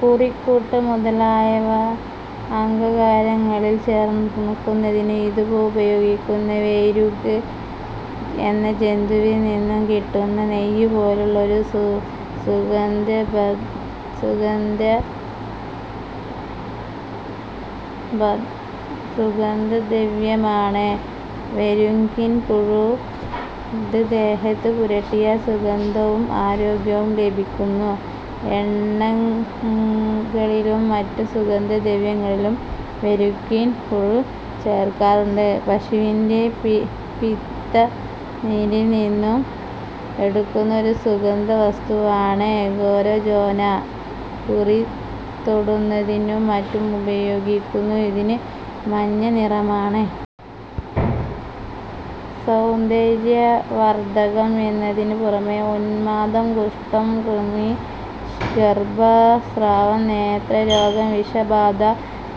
കുറിക്കൂട്ട് മുതലായ അംഗരാഗങ്ങളിൽ ചേർക്കുന്നതിനും ഇതുപയോഗിക്കുന്നു. വെരുക് എന്ന ജന്തുവിൽനിന്നുകിട്ടുന്ന നെയ്യുപോലുള്ള ഒരു സുഗന്ധദ്രവ്യമാണ് വെരുകിൻപുഴു. ഇത് ദേഹത്തുപുരട്ടിയാൽ സുഗന്ധവും ആരോഗ്യവും ലഭിക്കുന്നു. എണ്ണകളിലും മറ്റു സുഗന്ധദ്രവ്യങ്ങളിലും വെരുകിൻപുഴു ചേർക്കാറുണ്ട്. പശുവിന്റെ പിത്തനീരിൽനിന്നും എടുക്കുന്ന ഒരു സുഗന്ധവസ്തുവാണ് ഗോരോചന. കുറിതൊടുന്നതിനും മറ്റും ഉപയോഗിക്കുന്ന ഇതിന് മഞ്ഞനിറമാണ്. സൗന്ദര്യവർധകം എന്നതിനുപുറമേ ഉൻമാദം, കുഷ്ഠം, കൃമി, ഗർഭസ്രാവം, നേത്രരോഗം, വിഷബാധ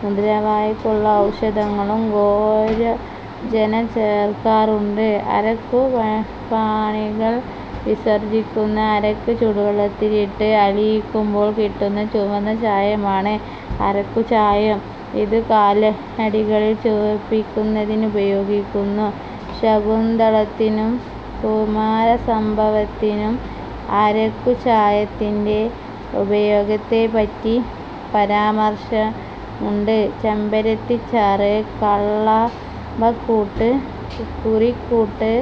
മുതലായവയ്ക്കുള്ള ഔഷധങ്ങളിലും ഗോരോചന ചേർക്കാറുണ്ട്. അരക്കുപ്രാണികൾ വിസർജിക്കുന്ന അരക്ക് ചൂടുവെള്ളത്തിലിട്ട് അലിയിക്കുമ്പോൾ കിട്ടുന്ന ചുവന്ന ചായമാണ് അരക്കുചായം. ഇത് കാലടികൾ ചുവപ്പിക്കുന്നതിനുപയോഗിക്കുന്നു. ശാകുന്തളത്തിലും കുമാരസംഭവത്തിലും അരക്കുചായത്തിന്റെ ഉപയോഗത്തെപ്പറ്റി പരാമർശമുണ്ട്. ചെമ്പരത്തിച്ചാറ്, കളഭക്കൂട്ട്, കുറിക്കൂട്ട്,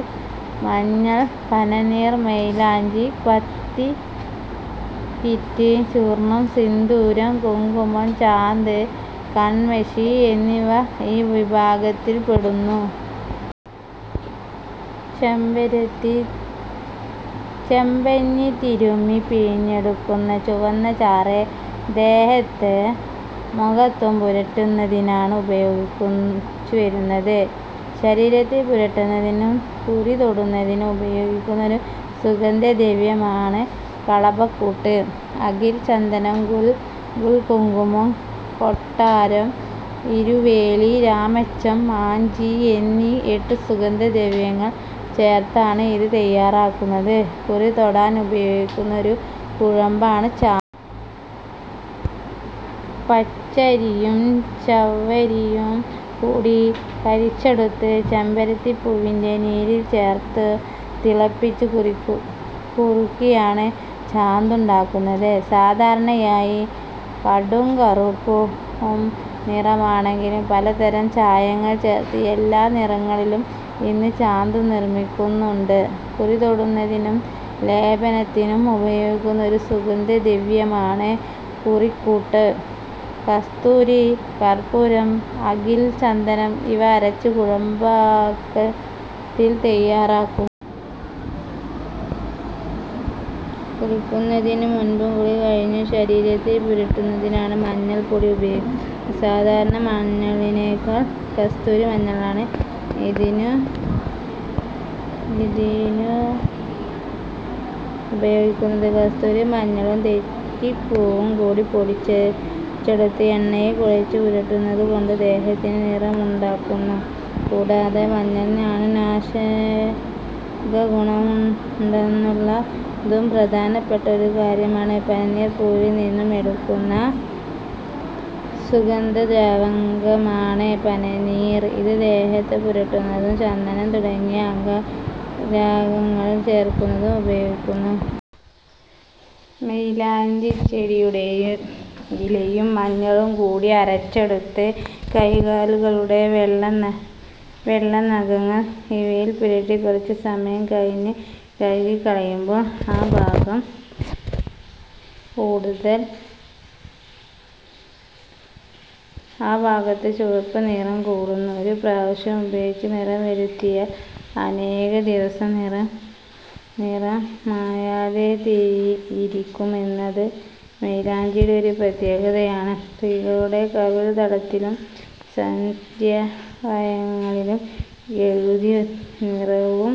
മഞ്ഞൾ, പനിനീർ, മൈലാഞ്ചി, പത്തിക്കീറ്റ്, ചൂർണം, സിന്ദൂരം, കുങ്കുമം, ചാന്ത്, കൺമഷി എന്നിവ ഈ വിഭാഗത്തിൽപ്പെടുന്നു. ചെമ്പഞ്ഞി തിരുമ്മി പിഴിഞ്ഞെടുക്കുന്ന ചുവന്നചാറ് ദേഹത്തും മുഖത്തും പുരട്ടുന്നതിനാണ് ഉപയോഗിച്ചുവരുന്നത്. ശരീരത്തിൽ പുരട്ടുന്നതിനും കുറിതൊടുന്നതിനും ഉപയോഗിക്കുന്ന ഒരു സുഗന്ധദ്രവ്യമാണ് കളഭക്കൂട്ട്. അകിൽ, ചന്ദനം, ഗുൽഗുലു, കുങ്കുമം, കൊട്ടം, ഇരുവേലി, രാമച്ചം, മാഞ്ചി എന്നീ എട്ടു സുഗന്ധദ്രവ്യങ്ങൾ ചേർത്താണ് ഇതു തയ്യാറാക്കുന്നത്. കുറിതൊടാൻ ഉപയോഗിക്കുന്ന ഒരു കുഴമ്പാണ് ചാന്ത്. പച്ചരിയും ചവ്വരിയുംകൂടി കരിച്ചെടുത്ത് ചെമ്പരത്തിപ്പൂവിന്റെ നീരിൽചേർത്തു തിളപ്പിച്ചു കുറുക്കിയാണ് ചാന്തുണ്ടാക്കുന്നത്. സാധാരണയായി കടുംകറുപ്പു നിറമാണെങ്കിലും, പലതരം ചായങ്ങൾ ചേർത്ത് എല്ലാ നിറങ്ങളിലും ഇന്ന് ചാന്തു നിർമ്മിക്കുന്നുണ്ട്. കുറിതൊടുന്നതിനും ലേപനത്തിനും ഉപയോഗിക്കുന്ന ഒരു സുഗന്ധദ്രവ്യമാണ് കുറിക്കൂട്ട്. കസ്തൂരി, കർപ്പൂരം, അകിൽ, ചന്ദനം ഇവ അരച്ച് കുഴമ്പുപാകത്തിൽ തയ്യാറാക്കുന്നു. കുളിക്കുന്നതിനുമുമ്പും കുളികഴിഞ്ഞും ശരീരത്തിൽ പുരട്ടുന്നതിനാണ് മഞ്ഞൾപ്പൊടി ഉപയോഗിക്കുന്നത്. സാധാരണമഞ്ഞളിനേക്കാൾ കസ്തൂരിമഞ്ഞളാണ് ഇതിനുപയോഗിക്കുന്നത്. കസ്തൂരിമഞ്ഞളും തെറ്റിപ്പൂവുംകൂടി പൊടിച്ചെടുത്ത് എണ്ണയിൽ കുഴച്ച് പുരട്ടുന്നതുകൊണ്ട് ദേഹത്തിന് നിറമുണ്ടാകുന്നു. കൂടാതെ മഞ്ഞളിന് അണുനാശകഗുണമുണ്ടെന്നുള്ളതും പ്രധാനപ്പെട്ട ഒരു കാര്യമാണ്. പനിനീർപൂവിൽനിന്നും എടുക്കുന്ന സുഗന്ധദ്രാവകമാണ് പനിനീർ. ഇത് ദേഹത്തു പുരട്ടുന്നതിനും ചന്ദനം തുടങ്ങിയ അംഗരാഗങ്ങളിൽ ചേർക്കുന്നതിനും ഉപയോഗിക്കുന്നു. മൈലാഞ്ചിചെടിയുടെ ഇലയും മഞ്ഞളും കൂടി അരച്ചെടുത്ത് കൈകാലുകളുടെ വെള്ള, നഖങ്ങൾ ഇവയിൽ പുരട്ടി കുറച്ചുസമയം കഴിഞ്ഞ് കഴുകിക്കളയുമ്പോൾ ആ ഭാഗത്ത് ചുവപ്പുനിറം കിട്ടുന്നു. ഒരു പ്രാവശ്യം ഉപയോഗിച്ച് നിറംവരുത്തിയാൽ അനേകദിവസം നിറം മായാതെയിരിക്കുമെന്നത് മൈലാഞ്ചിയുടെ ഒരു പ്രത്യേകതയാണ്. സ്ത്രീകളുടെ കവിൾത്തടങ്ങളിലും സ്തനാദ്യവയവങ്ങളിലും എഴുതി നിറവും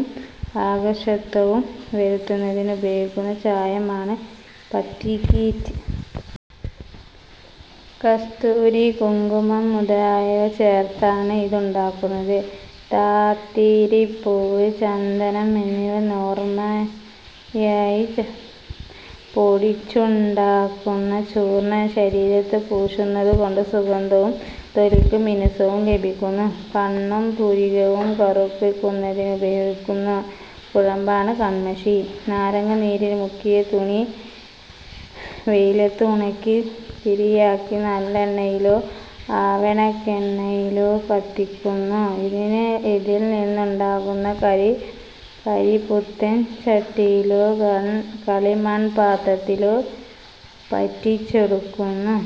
ആകർഷകത്വവും വരുത്തുന്നതിനുപയോഗിക്കുന്ന ചായമാണ് പത്തിക്കീറ്റ്. കസ്തൂരി, കുങ്കുമം മുതലായവ ചേർത്താണ് ഇതുണ്ടാക്കുന്നത്. താതിരിപ്പൂവ്, ചന്ദനം എന്നിവ നേർമയായി പൊടിച്ചുണ്ടാക്കുന്ന ചൂർണം ശരീരത്തു പൂശുന്നതുകൊണ്ട് സുഗന്ധവും തൊലിക്ക് മിനുസവും ലഭിക്കുന്നു. കണ്ണും പുരികവും കറുപ്പിക്കുന്നതിനുപയോഗിക്കുന്ന കുഴമ്പാണ് കൺമഷി. നാരങ്ങാനീരിൽ മുക്കിയ തുണി വെയിലത്ത് ഉണക്കി, തിരിയാക്കി നല്ലെണ്ണയിലോ ആവണക്കെണ്ണയിലോ കത്തിക്കുന്നു. ഇതിൽനിന്നുണ്ടാകുന്ന കരി പുത്തൻ ചട്ടിയിലോ കളിമൺപാത്രത്തിലോ പറ്റിച്ചെടുക്കുന്നു.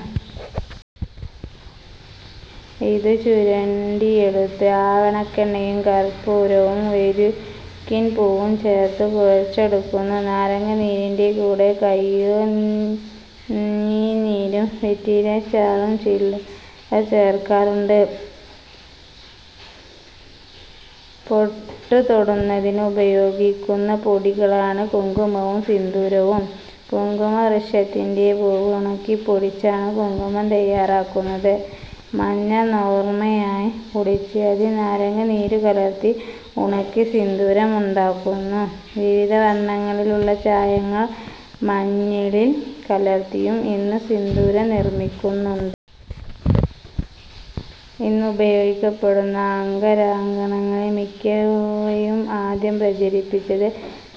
ഇതു ചുരണ്ടിയെടുത്ത് ആവണക്കെണ്ണയും കർപ്പൂരവും വെരുകിൻപുഴുവും ചേർത്ത് കുഴച്ചെടുക്കുന്നു. നാരങ്ങാനീരിന്റെ കൂടെ കൈയ്യോന്നിനീരും വെറ്റിലച്ചാറും ചിലർ ചേർക്കാറുണ്ട്. പൊട്ടുതൊടുന്നതിന് ഉപയോഗിക്കുന്ന പൊടികളാണ് കുങ്കുമവും സിന്ദൂരവും. കുങ്കുമവൃക്ഷത്തിന്റെ പൂവ് ഉണക്കിപ്പൊടിച്ചാണ് കുങ്കുമം തയ്യാറാക്കുന്നത്. മഞ്ഞൾ നേർമയായി പൊടിച്ച് അതിൽ നാരങ്ങാനീരു കലർത്തി ഉണക്കി സിന്ദൂരം ഉണ്ടാക്കുന്നു. വിവിധ വർണങ്ങളിലുള്ള ചായങ്ങൾ മഞ്ഞളിൽ കലർത്തിയും ഇന്നു സിന്ദൂരം നിർമ്മിക്കുന്നുണ്ട്. ഇന്ന് ഉപയോഗിക്കപ്പെടുന്ന അംഗരാഗങ്ങളിൽ മിക്കവയും ആദ്യം പ്രചരിച്ചത്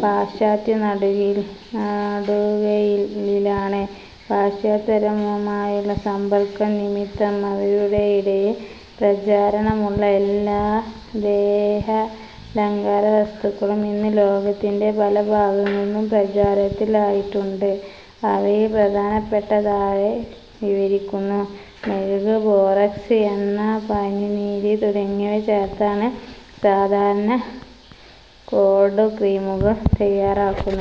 പാശ്ചാത്യ നാടുകളിലാണ്. പാശ്ചാത്യരുമായുള്ള സമ്പർക്കം നിമിത്തം അവരുടെയിടയിൽ പ്രചാരമുള്ള എല്ലാ ദേഹാലങ്കാരവസ്തുക്കളും ഇന്ന് ലോകത്തിന്റെ പല ഭാഗങ്ങളിലും പ്രചാരത്തിൽ ആയിട്ടുണ്ട്. അവയിൽ പ്രധാനപ്പെട്ടവ താഴെ വിവരിക്കുന്നു: മെഴുക്, ബോറാക്സ്, എണ്ണ, പനിനീര് തുടങ്ങിയവ ചേർത്താണ് സാധാരണ കോൾഡ് ക്രീമുകൾ തയ്യാറാക്കുന്നത്.